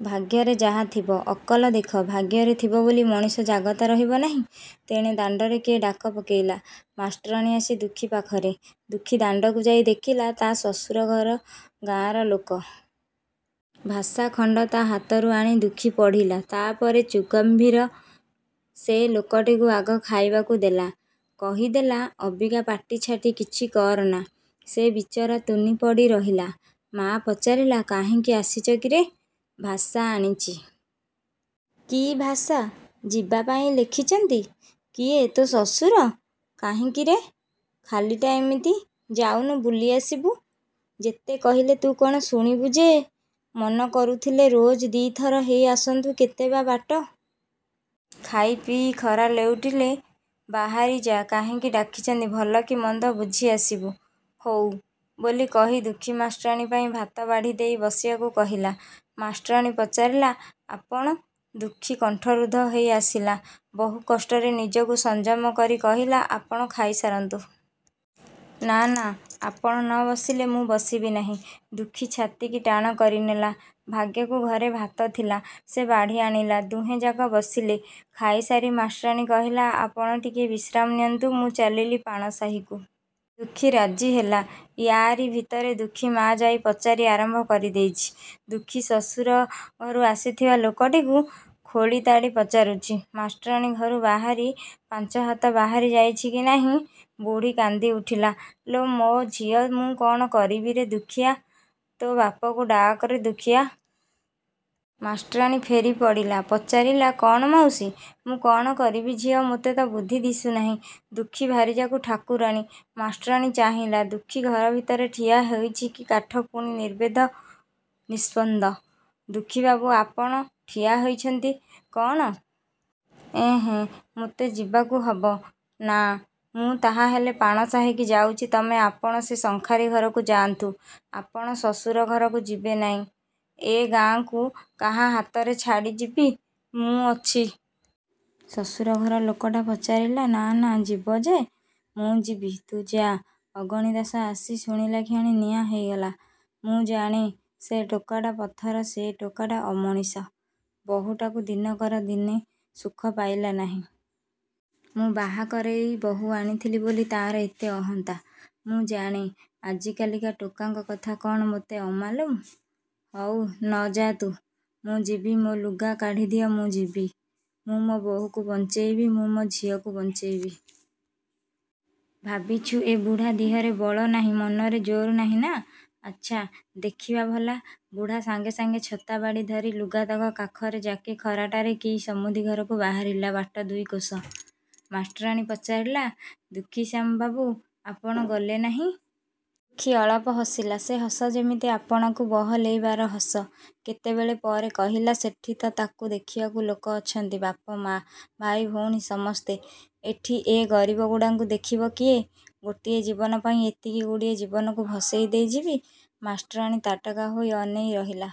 ' ''ଭାଗ୍ୟରେ ଯାହା ଥିବ। '' ''ଅକଲ ଦେଖ। ଭାଗ୍ୟରେ ଥିବ ବୋଲି ମଣିଷ ଜାଗତା ରହିବ ନାହିଁ। '' ତେଣେ ଦାଣ୍ଡରେ କିଏ ଡାକ ପକେଇଲା। ମାଷ୍ଟରାଣୀ ଆସି ଦୁଃଖୀ ପାଖରେ। ଦୁଃଖୀ ଦାଣ୍ଡକୁ ଯାଇ ଦେଖିଲା, ତା' ଶ୍ୱଶୁର ଘର ଗାଁର ଲୋକ। ଭାଷା ଖଣ୍ଡ ତା' ହାତରୁ ଆଣି ଦୁଃଖୀ ପଢ଼ିଲା। ତା'ପରେ ଚୁପ୍ଗ ମ୍ଭୀର। ସେ ଲୋକଟିକୁ ଆଗ ଖାଇବାକୁ ଦେଲା। କହିଦେଲା ଅବିକା ପାଟି ଛାଟି କିଛି କରନା। ସେ ବିଚରା ତୁନି ପଡ଼ି ରହିଲା। ମା ପଚାରିଲା ''କାହିଁକି ଆସିଚ କିରେ? '' ''ଭାଷା ଆଣିଚି। '' ''କି ଭାଷା? '' ''ଯିବାପାଇଁ ଲେଖିଚନ୍ତି। '' ''କିଏ ତୋ ଶ୍ୱଶୁର? କାହିଁକିରେ? '' ''ଖାଲିଟା ଏମିତି। '' ''ଯାଉନୁ'' ବୁଲି ଆସିବୁ। ଯେତେ କହିଲେ ତୁ କ'ଣ ଶୁଣିବୁ ଯେ! ମନ କରୁଥିଲେ ରୋଜ୍ ଦି'ଥର ହେଇ ଆସନ୍ତୁ କେତେ ବା ବାଟ। ଖାଇପିଇ ଖରା ଲେଉଟିଲେ ବାହାରି ଯାକାହିଁକି ଡାକିଛନ୍ତି ଭଲ କି ମନ୍ଦ ବୁଝି ଆସିବୁ। '' 'ହୋଉ' ବୋଲି କହି ଦୁଃଖୀ ମାଷ୍ଟରାଣୀ ପାଇଁ ଭାତ ବାଢ଼ି ଦେଇ ବସିବାକୁ କହିଲା। ମାଷ୍ଟରାଣୀ ପଚାରିଲା 'ଆପଣ? ' ଦୁଃଖୀ କଣ୍ଠରୁଦ୍ଧ ହେଇ ଆସିଲା। ବହୁକଷ୍ଟରେ ନିଜକୁ ସଂଯମ କରି କହିଲା 'ଆପଣ ଖାଇସାରନ୍ତୁ। ' 'ନା ନା ଆପଣ ନ ବସିଲେ ମୁଁ ବସିବି ନାହିଁ। '' ଦୁଃଖୀ ଛାତିକି ଟାଣ କରିନେଲା। ଭାଗ୍ୟକୁ ଘରେ ଭାତ ଥିଲା। ସେ ବାଢ଼ି ଆଣିଲା। ଦୁହେଁଯାକ ବସିଲେ। ଖାଇସାରି ମାଷ୍ଟରାଣୀ କହିଲା ଆପଣ ଟିକିଏ ବିଶ୍ରାମ ନିଅନ୍ତୁ। ମୁଁ ଚାଲିଲି ପାଣ ସାହିକୁ। ଦୁଃଖୀ ରାଜିହେଲା। ଇୟାରି ଭିତରେ ଦୁଃଖୀ ମା ଯାଇ ପଚାରି ଆରମ୍ଭ କରି ଦେଇଚି, ଦୁଃଖୀ ଶ୍ୱଶୁର ଘରୁ ଆସିଥିବା ଲୋକଟିକୁ। ଖୋଳି ତାଡ଼ି ପଚାରୁଛି। ମାଷ୍ଟରାଣୀ ଘରୁ ବାହାରି ପାଞ୍ଚହାତ ବାହାରି ଯାଇଛି କି ନାହିଁ, ବୁଢ଼ୀ କାନ୍ଦିଉଠିଲା ''ଲୋ ମୋ ଝିଅ ମୁଁ କ'ଣ କରିବିରେ ଦୁଃଖୀଆ ତୋ ବାପକୁ ଡାକରେ ଦୁଃଖିଆ। '' ମାଷ୍ଟରାଣୀ ଫେରି ପଡ଼ିଲା। ପଚାରିଲା 'କ'ଣ ମାଉସୀ? '' 'ମୁଁ କ'ଣ କରିବି ଝିଅ? ମୋତେ ତ ବୁଦ୍ଧି ଦିଶୁନାହିଁ। ଦୁଃଖୀ ଭାରିଯାକୁ ଠାକୁରାଣୀ '। ମାଷ୍ଟରାଣୀ ଚାହିଁଲା। ଦୁଃଖୀ ଘର ଭିତରେ ଠିଆ ହେଇଚି କାଠ ପୁଣି ନିର୍ବେଦ ନିସ୍ପନ୍ଦ । ''ଦୁଃଖୀବାବୁ ଆପଣ ଠିଆ ହେଇଚନ୍ତି କ'ଣ? ' ''ଏହଁ। ମୋତେ ଯିବାକୁ ହବ, ନା? ମୁଁ ତାହାହେଲେ ପାଣ ସାହିକି ଯାଉଚି ତମେ ଆପଣ ସେ ଶଙ୍ଖାରି ଘରକୁ ଯାଆନ୍ତୁ। '' ''ଆପଣ ଶ୍ୱଶୁର ଘରକୁ ଯିବେ ନାଇଁ? '' ''ଏ ଗାଁକୁ କାହା ହାତରେ ଛାଡ଼ି ଯିବି? '' ''ମୁଁ ଅଛି। ଶ୍ୱଶୁର ଘର ଲୋକଟା ପଚାରିଲା ''ନା ନା ଯିବ ଯେ। '' ''ମୁଁ ଯିବି, ତୁ ଯା। '' ଅଗଣିଦାଶ ଆସି ଶୁଣିଲାକ୍ଷଣି ନିଆଁ ହେଇଗଲା। ''ମୁଁ ଜାଣେ ସେ ଟୋକାଟା ପଥର ସେ ଟୋକାଟା ଅମଣିଷ। ବହୂଟାକୁ ଦିନକର ଦିନେ ସୁଖ ପାଇଲା ନାହିଁ। ମୁଁ ବାହା କରେଇ ବହୂ ଆଣିଥିଲି ବୋଲି ତା'ର ଏତେ ଅହନ୍ତା। ମୁଁ ଜାଣେ। ଆଜିକାଲିକା ଟୋକାଙ୍କ କଥା କ'ଣ ମୋତେ ଅମାଲୁମ? ହଉ ନ ଯା' ତୁ! ମୁଁ ଯିବି ମୋ ଲୁଗା କାଢ଼ି ଦିଅ ମୁଁ ଯିବି। ମୁଁ ମୋ ବହୂକୁ ବଞ୍ଚେଇବି ମୁଁ ମୋ ଝିଅକୁ ବଞ୍ଚେଇବି। ଭାବିଛୁ ଏ ବୁଢ଼ା ଦିହରେ ବଳ ନାହିଁ ମନରେ ଜୋର୍ ନାହିଁ ନା? ଆଚ୍ଛା, ଦେଖିବା ଭଲା। '' ବୁଢ଼ା ସାଙ୍ଗେ ସାଙ୍ଗେ ଛତା ବାଡ଼ି ଧରି ଲୁଗାତକ କାଖରେ ଯାକି ଖରାଟାରେ କି ସମୁଦିଘରକୁ ବାହାରିଲା ବାଟ ଦୁଇକୋଶ। ମାଷ୍ଟରାଣୀ ପଚାରିଲା ''ଦୁଃଖୀଶ୍ୟାମବାବୁ, ଆପଣ ଗଲେ ନାହିଁ? '' ଦୁଃଖୀ ଅଳପ ହସିଲା। ସେ ହସ ଯେମିତି ଆପଣାକୁ ବହଲେଇବାର ହସ। କେତେବେଳ ପରେ କହିଲା 'ସେଠିତ ତାକୁ ଦେଖିବାକୁ ଲୋକ ଅଛନ୍ତି ବାପ ମା, ଭାଇଭଉଣୀ ସମସ୍ତେ। ଏଠି ଏ ଗରିବଗୁଡ଼ାଙ୍କୁ ଦେଖିବ କିଏ? ଗୋଟିଏ ଜୀବନପାଇଁ ଏତିକିଗୁଡ଼ିଏ ଜୀବନକୁ ଭସେଇ ଦେଇ ଯିବି? '' ମାଷ୍ଟରାଣୀ ତାଟକା ହୋଇ ଅନେଇ ରହିଲା।